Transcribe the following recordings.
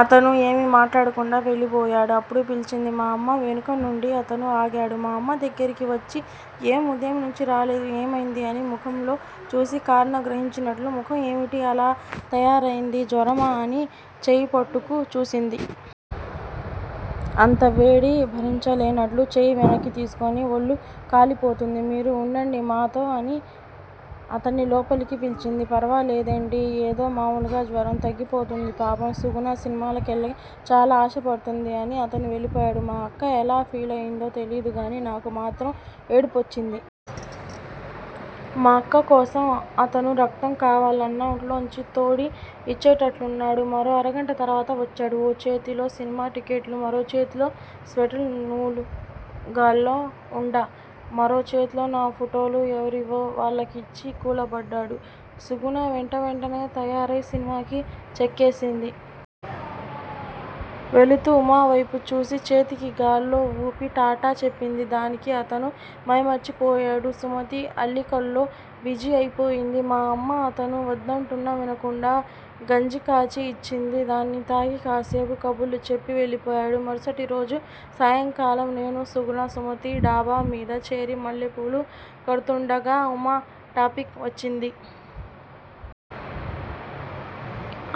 అతను ఏమీ మాట్లాడకుండా వెళ్ళబోయాడు. అప్పుడు పిలిచింది మా అమ్మ వెనుకనుండి. అతను ఆగాడు. మా అమ్మ దగ్గరికి వచ్చి ఏం ఉదయం నుంచీ రాలేదు. ఏమైంది? అని ముఖంలోకి చూసి కారణం గ్రహించినట్టు ముఖం ఏమిటి అలా తయారయింది? జ్వరమా? అని చేయి పట్టుకు చూసింది. అంత వేడి భరించలేనట్లు చేయి వెనక్కి తీసుకుని ఒళ్ళు కాలిపోతోంది. మీరు వుండండి మాతో అని అతన్ని లోపలికి పిలిచింది. ఫరవాలేదులెండి. ఏదో మామూలు జ్వరం. తగ్గిపోతుంది. పాపం సుగుణ సినిమాకెళ్ళాలని చాలా ఆశపడ్డట్టుంది అని అతను వెళ్ళిపోయాడు. మా అక్క ఎలా ఫీలయిందో తెలియదుగానీ నాకు మాత్రం ఏడుపోచ్చింది. మా అక్కకోసం అతను రక్తం కావాలన్నా ఒంట్లోంచి తోడి ఇచ్చేటట్లున్నాడు. మరో అరగంట తర్వత వచ్చాడు. ఓ చేతిలో సినిమా టిక్కెట్లు, మరో చేతిలో స్వెట్టర్ నూలు గాల్లో వుండ, మరో చేతిలో నా ఫోటోలు ఎవరివి వాళ్ళకిచ్చి కూలబడ్డాడు. సుగుణ వెంట వెంటనే తయారై సినిమాకి చెక్కేసింది. వెళుతూ ఉమా వేపు చూసి చేతిని గాల్లో వూపి టాటా చెప్పింది. దానికి అతను మైమరిచిపోయాడు. సుమతి అల్లికలో బిజీ అయిపోయింది. మా అమ్మ అతను వద్దంటున్నా వినకుండా గంజి కాచి ఇచ్చింది. దాన్ని తాగి కాసేపు కబుర్లు చెప్పి వెళ్ళిపోయాడు. మరుసటి రోజు సాయంకాలం నేనూ, సుగుణ, సుమతి డాబా మీద చేరి మల్లెపూలు కడుతుండగా ఉమా టాపిక్ వచ్చింది.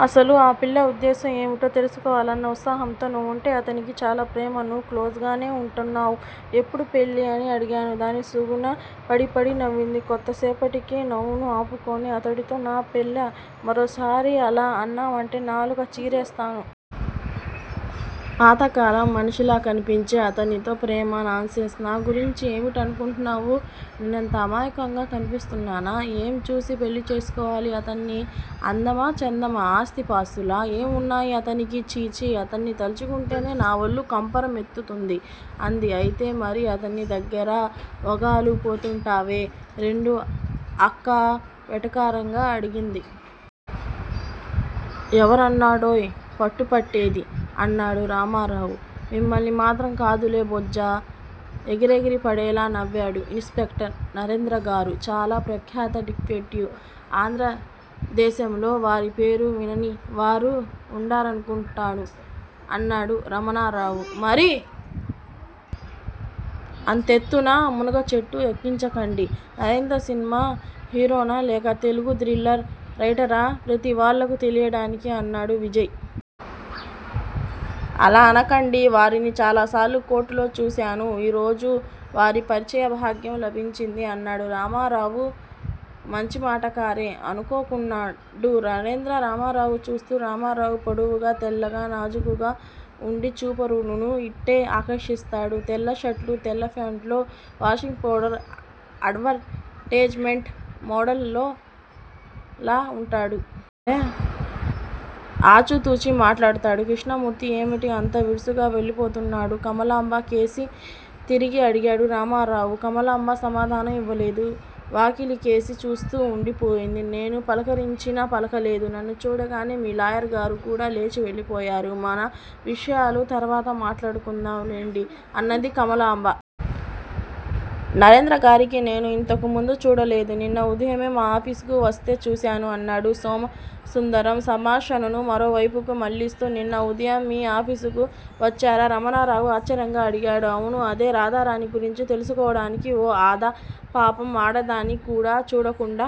అసలు ఆ పిల్ల ఉద్దేశ్యం ఏమిటో తెలుసుకోవాలన్న ఉత్సాహంతో నువ్వంటే అతనికి చాలా ప్రేమ. నువ్వూ క్లోజ్ గానే వుంటున్నావ్. ఎప్పుడు పెళ్ళి? అని అడిగాను. దానికి సుగుణ పడీ పడీ నవ్వింది. కొంతసేపటికి నవ్వును ఆపుకుని అతడితో నా పెళ్ళా? మరోసారి అలా అన్నావంటే నాలుక చీరేస్తాను. పాతకాలం మనిషిలా కనిపించే అతనితో ప్రేమా? నాన్సెన్స్. నా గురించి ఏమిటనుకున్నావ్? నేనంత అమాయకంగా కనిపిస్తున్నానా? ఏం చూసి పెళ్ళి చేసుకోవాలి అతన్ని? అందమా చందమా? ఆస్తిపాస్తులా? ఏం ఉన్నాయి అతనికి? ఛీఛీ అతన్ని తలుచుకుంటేనే నా ఒళ్ళు కంపర మెత్తుతోంది అంది. అయితే మరి అతని దగ్గర వగలు పోతుంటావే రెండో అక్క వెటకారంగా అడిగింది. ఎవర్నండోయ్ పట్టు పట్టేది? అన్నాడు రమణరావు. మిమ్మల్ని మాత్రం కాదులే బొజ్జ ఎగిరెగిరిపడేలా నవ్వాడు ఇన్ స్పెక్టర్. నరేంద్రగారు చాలా ప్రఖ్యాత డిటెక్టివ్. ఆంధ్రదేశంలో వారి పేరు వినని వారు ఉండరనుకొంటాను అన్నాడు రమణరావు. మరీ అంతెత్తున మునగచెట్టు ఎక్కించకండి. నరేంద్ర సినిమా హీరోనా లేక తెలుగు థ్రిల్లర్ రైటరా ప్రతి వాళ్ళకూ తెలియడానికి అన్నాడు విజయ్. అలా అనకండి. వారిని చాలాసార్లు కోర్టులో చూశాను. ఈరోజే వారి పరిచయ భాగ్యం లభించింది అన్నాడు రమరావు. మంచిమాటకారే! అనుకొన్నాడు నరేంద్ర రమణరావు చూస్తూ. రమణరావు పొడవుగా, తెల్లగా, నాజూకుగా ఉండిచూపరులను ఇట్టే ఆకర్షిస్తాడు. తెల్లషర్టూ, తెల్ల ప్యాంటులో, washing powder advertisement model లా ఉంటాడు. ఆచితూచి మాట్లాడతాడు. కృష్ణమూర్తి ఏమిటి అంత విసురుగా వెళ్ళిపోతున్నాడు? కమలాంబ కేసి తిరిగి అడిగాడు రమరావు. కమలాంబ సమాధానం ఇవ్వలేదు. వాకిలి కేసి చూస్తూ ఉండి పోయింది. నేను పలకరించినా పలకలేదు. నన్ను చూడగానే మీ లాయర్ గారు కూడా లేచి వెళ్ళిపోయారు? మన విషయాలు తర్వాత మాట్లాడుకుందాంలెండి అన్నది కమలాంబ. నరేంద్రగారికి నేను ఇంతకు ముందు చూడలేదు. నిన్న ఉదయమే మా ఆఫీసుకు వస్తే చూశాను అన్నాడు సోమసుందరం సంభాషణను మరో వైపుకు మళ్ళిస్తూ. నిన్న ఉదయం మీ ఆపీసుకు వచ్చారా? రమణరావు ఆశ్చర్యంగా అడిగాడు. అవును. అదే రాధారాణి గురించి తెలుసుకోవడానికి ఓ అదా! పాపం! ఆడదని కూడా చూడకుండా